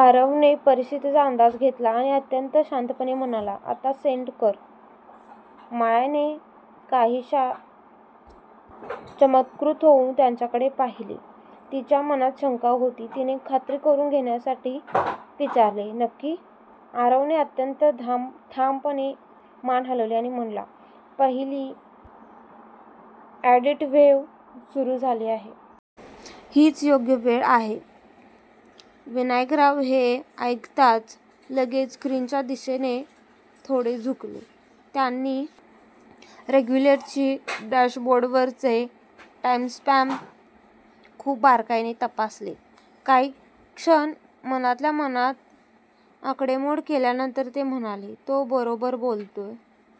आरवने परिस्थितीचा अंदाज घेतला आणि अत्यंत शांतपणे म्हणाला, "आता सेंड कर. " मायाने काहीशा चमत्कृत होऊन त्याच्याकडे पाहिले. तिच्या मनात शंका होती. तिने खात्री करून घेण्यासाठी विचारले, "नक्की? " आरवने अत्यंत ठामपणे मान डोलावली आणि म्हणाला, "पहिली ऑडिट वेव्ह सुरू झाली आहे. हीच योग्य वेळ आहे. " विनायकराव हे ऐकताच लगेच स्क्रीनच्या दिशेने थोडे झुकले. त्यांनी रेगुलेटरी डॅशबोर्डवरचे टाईमस्टॅम्प्स खूप बारकाईने तपासले. काही क्षण मनातल्या मनात आकडेमोड केल्यानंतर ते म्हणाले, "तो बरोबर बोलतोय.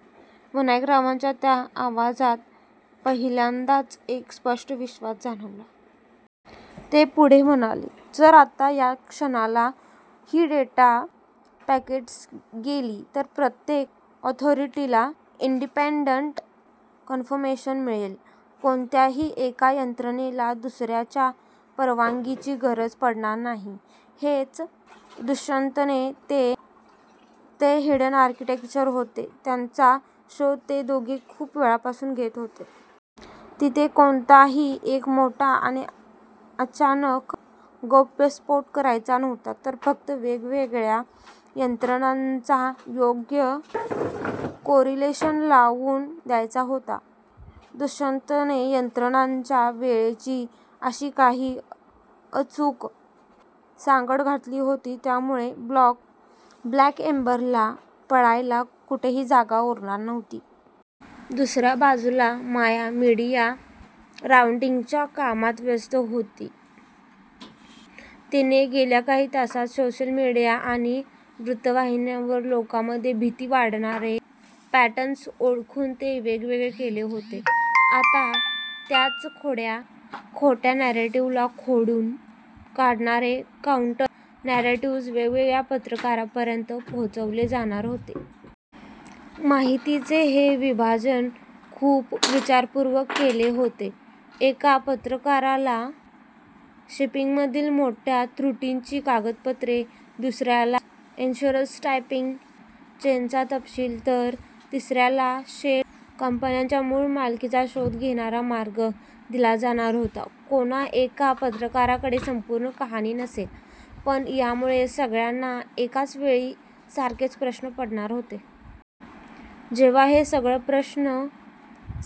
" विनायकरावांच्या त्या आवाजात पहिल्यांदाच एक स्पष्ट विश्वास जाणवला. ते पुढे म्हणाले, "जर आत्ता या क्षणाला ही डेटा पॅकेट्स गेली, तर प्रत्येक ऑथॉरिटीला इंडिपेंडंट कन्फर्मेशन मिळेल. कोणत्याही एका यंत्रणेला दुसऱ्याच्या परवानगीची गरज पडणार नाही. " हेच दुष्यंतचे ते हिडन आर्किटेक्चर होते, ज्याचा शोध ते दोघे खूप वेळापासून घेत होते. तिथे कोणताही एक मोठा आणि अचानक गौप्यस्फोट करायचा नव्हता, तर फक्त वेगवेगळ्या यंत्रणांचा योग्य कोरिलेशन लावून द्यायचा होता. दुष्यंतने यंत्रणांच्या वेळेची अशी काही अचूक सांगड घातली होती, ज्यामुळे ब्लॅक एम्बरला पळायला कुठेही जागा उरणार नव्हती. दुसऱ्या बाजूला माया मीडिया राऊटिंगच्या कामात व्यस्त होती. तिने गेल्या काही तासांत सोशल मीडिया आणि वृत्तवाहिन्यांवर लोकांमध्ये भीती वाढवणारे पॅटर्न्स ओळखून ते वेगळे केले होते. आता त्याच खोट्या नॅरेटिव्हला खोडून काढणारे काउंटर-नॅरेटिव्ह्ज वेगवेगळ्या पत्रकारांपर्यंत पोहोचवले जाणार होते. माहितीचे हे विभाजन खूप विचारपूर्वक केले होते. एका पत्रकाराला शिपिंगमधील मोठ्या त्रुटींची कागदपत्रे, दुसऱ्याला इन्शुरन्स टायमिंग चेनचा तपशील, तर तिसऱ्याला शेल कंपन्यांच्या मूळ मालकीचा शोध घेणारा मार्ग दिला जाणार होता. कोणा एका पत्रकाराकडे संपूर्ण कहाणी नसेल, पण यामुळे सगळ्यांना एकाच वेळी सारखेच प्रश्न पडणार होते. जेव्हा हे सगळे प्रश्न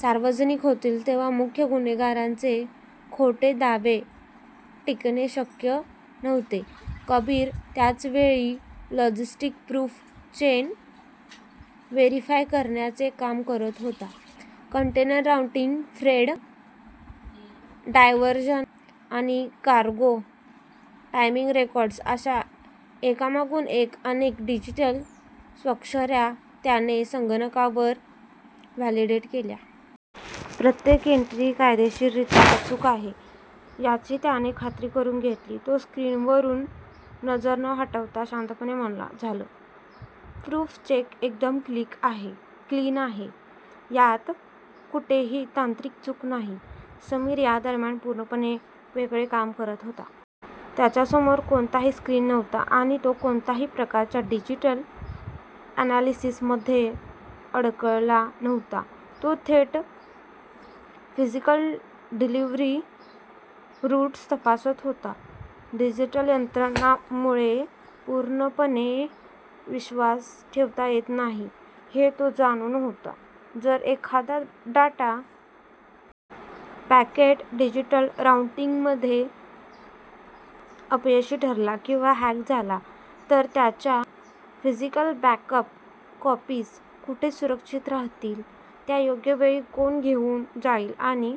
सार्वजनिक होतील, तेव्हा मुख्य गुन्हेगारांचे खोटे दावे टिकणे शक्य नव्हते. कबीर त्याच वेळी लॉजिस्टिक प्रूफ चेन व्हेरीफाय करण्याचे काम करत होता. कंटेनर राऊटिंग, फ्रेट डायव्हर्शन आणि कार्गो टायमिंग रेकॉर्ड्स अशा एकामागून एक अनेक डिजिटल स्वाक्षऱ्या त्याने संगणकावर व्हॅलिडेट केल्या. प्रत्येक एंट्री कायदेशीररीत्या अचूक आहे याची त्याने खात्री करून घेतली. तो स्क्रीनवरून नजर न हटवता शांतपणे म्हणाला, "झालं. प्रूफ चेन एकदम क्लीन आहे. यात कुठेही तांत्रिक चूक नाही. " समीर या दरम्यान पूर्णपणे वेगळे काम करत होता. त्याच्यासमोर कोणताही स्क्रीन नव्हता आणि तो कोणत्याही प्रकारच्या डिजिटल अनालिसिसमध्ये अडकला नव्हता. तो थेट फिजिकल डिलिव्हरी रूट्स तपासत होता. डिजिटल यंत्रणांवर पूर्णपणे विश्वास ठेवता येत नाही, हे तो जाणून होता. जर एखादा डेटा पॅकेट डिजिटल राऊटिंगमध्ये अपयशी ठरला किंवा हॅक झाला, तर त्याच्या फिजिकल बॅकअप कॉपीज कुठे सुरक्षित राहतील, त्या योग्य वेळी कोण घेऊन जाईल आणि